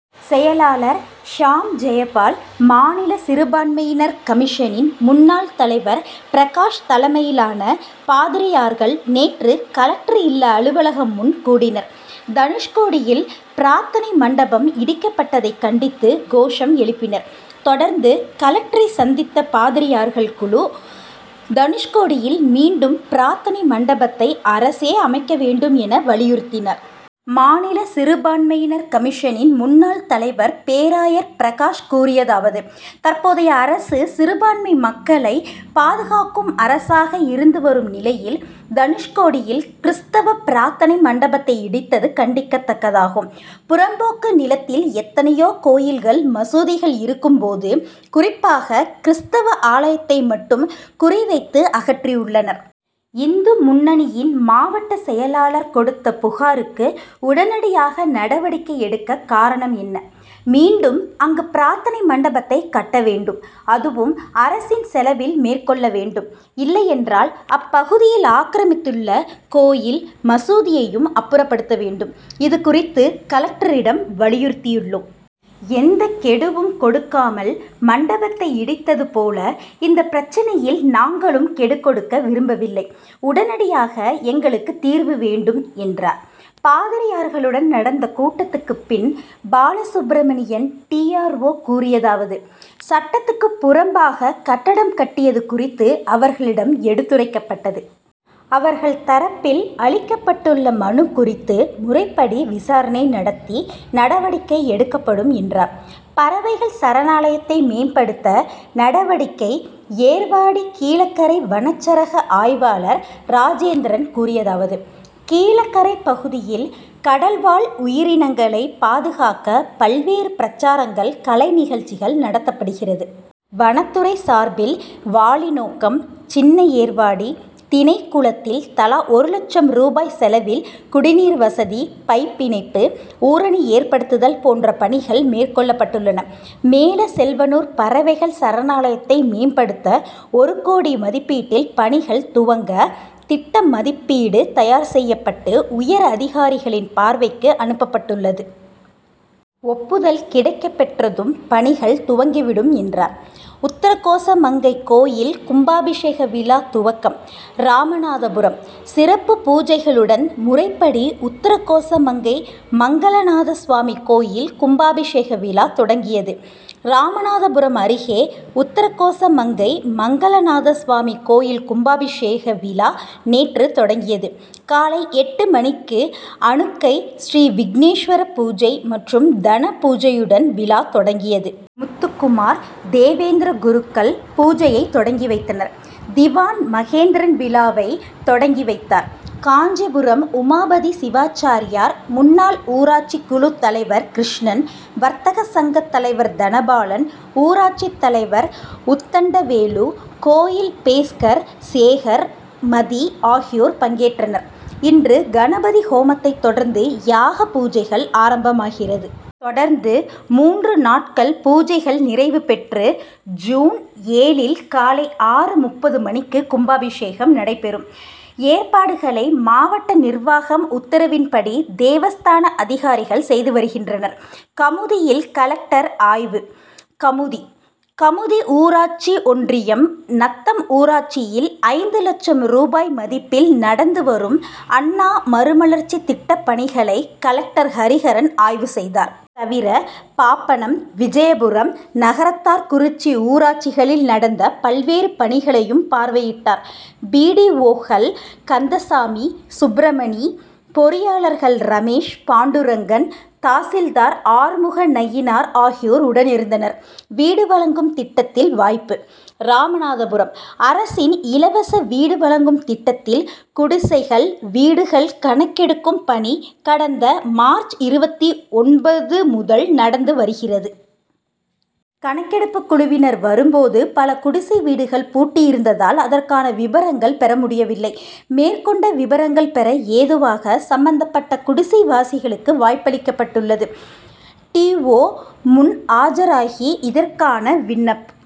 செயலாளர் ஷாம் ஜெயபால், மாநில சிறுபான்மையினர் கமிஷனின் முன்னாள் தலைவர் பிரகாஷ் தலைமையிலான பாதிரியார்கள் நேற்று கலெக்டர் இல்ல அலுவலகம் முன் கூடினர். தனுஷ்கோடியில் பிரார்த் தனை மண்டபம் இடிக்கப் பட்டதை கண்டித்து கோஷம் எழுப்பினர். தொடர்ந்து கலெக்டரை சந்தித்த பாதிரியார்கள் குழு, தனுஷ்கோடியில் மீண்டும் பிரார்த்தனை மண்டபத்தை அரசே அமைக்க வேண்டும், என, வலியுறுத்தினர். மாநில சிறுபான்மையினர் கமிஷனின் முன்னாள் தலைவர் பேராயர் பிரகாஷ் கூறியதாவது: தற்போதைய அரசு சிறுபான்மை மக்களை பாதுகாக்கும் அரசாக இருந்து வரும் நிலையில், தனுஷ் கோடியில் கிறிஸ்தவ பிரார்த்தனை மண்டபத்தை இடித்தது கண்டிக்கதக்கதாகும். புறம்போக்கு நிலத்தில் எத்தனையோ கோயில்கள், மசூதிகள் இருக்கும் போது, குறிப் பாக கிறிஸ்தவ ஆலயத்தை மட்டும் குறிவைத்து அகற்றி உள்ளனர். இந்து முன்னணியின் மாவட்ட செயலாளர் கொடுத்த புகாருக்கு உடனடியாக நடவடிக்கை எடுக்க காரணம் என்ன? மீண்டும் அங்கு பிரார்த்தனை மண்டபத்தை கட்ட வேண்டும். அதுவும் அரசின் செலவில் மேற்கொள்ள வேண்டும். இல்லையென்றால் அப்பகுதியில் ஆக்கிரமித்துள்ள கோயில், மசூதியையும் அப்புறப்படுத்த வேண்டும். இது குறித்து கலெக்டரிடம் வலியுறுத்தியுள்ளோம். எந்த கெடுவும் கொடுக்காமல் மண்டபத்தை இடித்தது போல, இந்த பிரச்னையில் நாங்களும் கெடு கொடுக்க விரும்பவில்லை. உடனடியாக எங்களுக்கு தீர்வு வேண்டும், என்றார். பாதிரியார்களுடன் நடந்த கூட்டத்துக்கு பின் பாலசுப்பிரமணியன் டி. ஆர். ஓ., கூறியதாவது: சட்டத்துக்கு புறம்பாக கட்டடம் கட்டியது குறித்து அவர்களிடம் எடுத்துரைக் கப்பட்டது. அவர்கள் தரப்பில் அளிக்கப் பட்டுள்ள மனு குறித்து முறைப்படி விசாரணை நடத்தி நடவடிக்கை எடுக்கப்படும், என்றார். பறவைகள் சரணாலயத்தை மேம்படுத்த நடவடிக்கை ஏர்வாடி கீழக்கரை வனச்சரக ஆய்வாளர் ராஜேந்திரன் கூறியதாவது: கீழக்கரை பகுதியில் கடல் வாழ் உயிரினங்களை பாதுகாக்க பல் வேறு பிரசாரங்கள், கலை நிகழ்ச்சிகள் நடத்தப்படுகிறது. வனத்துறை சார்பில் வாலிநோக்கம், சின்ன ஏர்வாடி, தினைக்குளத்தில் தலா ஒரு லட்சம் ரூபாய் செலவில் குடிநீர்வசதி, பைப் இணைப்பு, ஊரணி ஏற்படுத்துதல் போன்ற பணிகள் மேற் கொள்ளப் பட்டுள்ளன. மேலச் செல் வனூர் பறவைகள் சரணாலயத்தை மேம்படுத்த ஒருகோடி மதிப்பீட்டில் பணிகள் துவங்க திட்ட மதிப்பீடு தயார் செய்யப் பட்டு உயர் அதிகாரிகளின் பார் வைக்கு அனுப் பப்பட் டுள்ளது. ஒப்புதல் கிடைக் கப் பெற்றதும் பணிகள் துவங்கி விடும், என்றார். உத்திரகோசமங்கை கோயில் கும்பாபிஷேக விழா துவக்கம் ராமநாதபுரம்: சிறப்பு பூஜைகளுடன் முறைப்படி உத்திரகோசமங்கை மங்களநாதசுவாமி கோயில் கும்பாபிஷேக விழா தொடங்கியது. ராமநாதபுரம் அருகே உத்திரகோசமங்கை மங்களநாதசுவாமி கோயில் கும்பாபிஷேக விழா நேற்று தொடங்கியது. காலை எட்டு மணிக்கு அனுக்கை ஸ்ரீ விக்னேஷ்வர பூஜை மற்றும் தனபூஜையுடன் விழா தொடங்கியது. முத்துக்குமார், தேவேந்திர குருக்கள் பூஜையை தொடங்கி வைத்தனர். திவான் மகேந்திரன் விழாவை தொடங்கி வைத்தார். காஞ்சிபுரம் உமாபதி சிவாச்சார்யார், முன்னார் ஊராட்சி குழு தலைவர் கிருஷ்ணன், வர்த்தக சங்க தலைவர் தனபாலன், ஊராட்சி தலைவர் உத்தண்டவேலு, கோயில் பேஸ்கர் சேகர், மதி ஆகியோர் பங்கேற்றனர். இன்று கணபதி ஹோமத்தை தொடர்ந்து யாக பூஜைகள் ஆரம்பமாகிறது. தொடர்ந்து மூன்று நாட்கள் பூஜைகள் நிறைவு பெற்று, ஜூன் ஏழில் காலை ஆறு.முப்பது மணிக்கு கும்பாபிஷேகம் நடைபெறும். ஏற்பாடுகளை மாவட்ட நிர்வாகம் உத்தரவின்படி தேவஸ்தான அதிகாரிகள் செய்து வருகின்றனர். கமுதியில் கலெக்டர் ஆய்வு கமுதி: கமுதி ஊராட்சி ஒன்றியம் நத்தம் ஊராட்சியில் ஐந்து லட்சம் ரூபாய் மதிப்பில் நடந்து வரும் அண்ணா மறுமலர்ச்சி திட்ட பணிகளை கலெக்டர் ஹரிஹரன் ஆய்வு செய்தார். தவிர பாப்பனம், விஜயபுரம், நகரத்தார்குறிச்சி ஊராட்சிகளில் நடந்த பல்வேறு பணிகளையும் பார்வையிட்டார். பி. டி. ஓ.,கள் கந்தசாமி, சுப்பிரமணி, பொறி யாளர்கள் ரமேஷ், பாண்டுரங்கன், தாசில்தார் ஆறுமுகநயினார் ஆகியோர் உடனிருந்தனர். வீடு வழங்கும் திட்டத்தில் வாய்ப்பு ராமநாதபுரம்: அரசின் இலவச விடு வழங்கும் திட்டத்தில் குடிசைகள் வீடுகள் கணக்கெடுக்கும் பணி கடந்த மார்ச் இருபத்து ஒன்பது முதல் நடந்து வருகிறது. கணக்கெடுப்பு குழுவினர் வரும் போது பல குடிசை வீடுகள் பூட்டியிருந்ததால் அதற்கான விபரங்கள் பெற முடியவில்லை. மேற்கொண்ட விபரங்கள் பெற ஏதுவாக சம்மந்தப் பட்ட குடிசைவாசிகளுக்கு வாய்ப்பளிக்கப்பட்டுள்ளது. டி. ஓ., முன் ஆஜராகி, இதற்காக விண்ணப்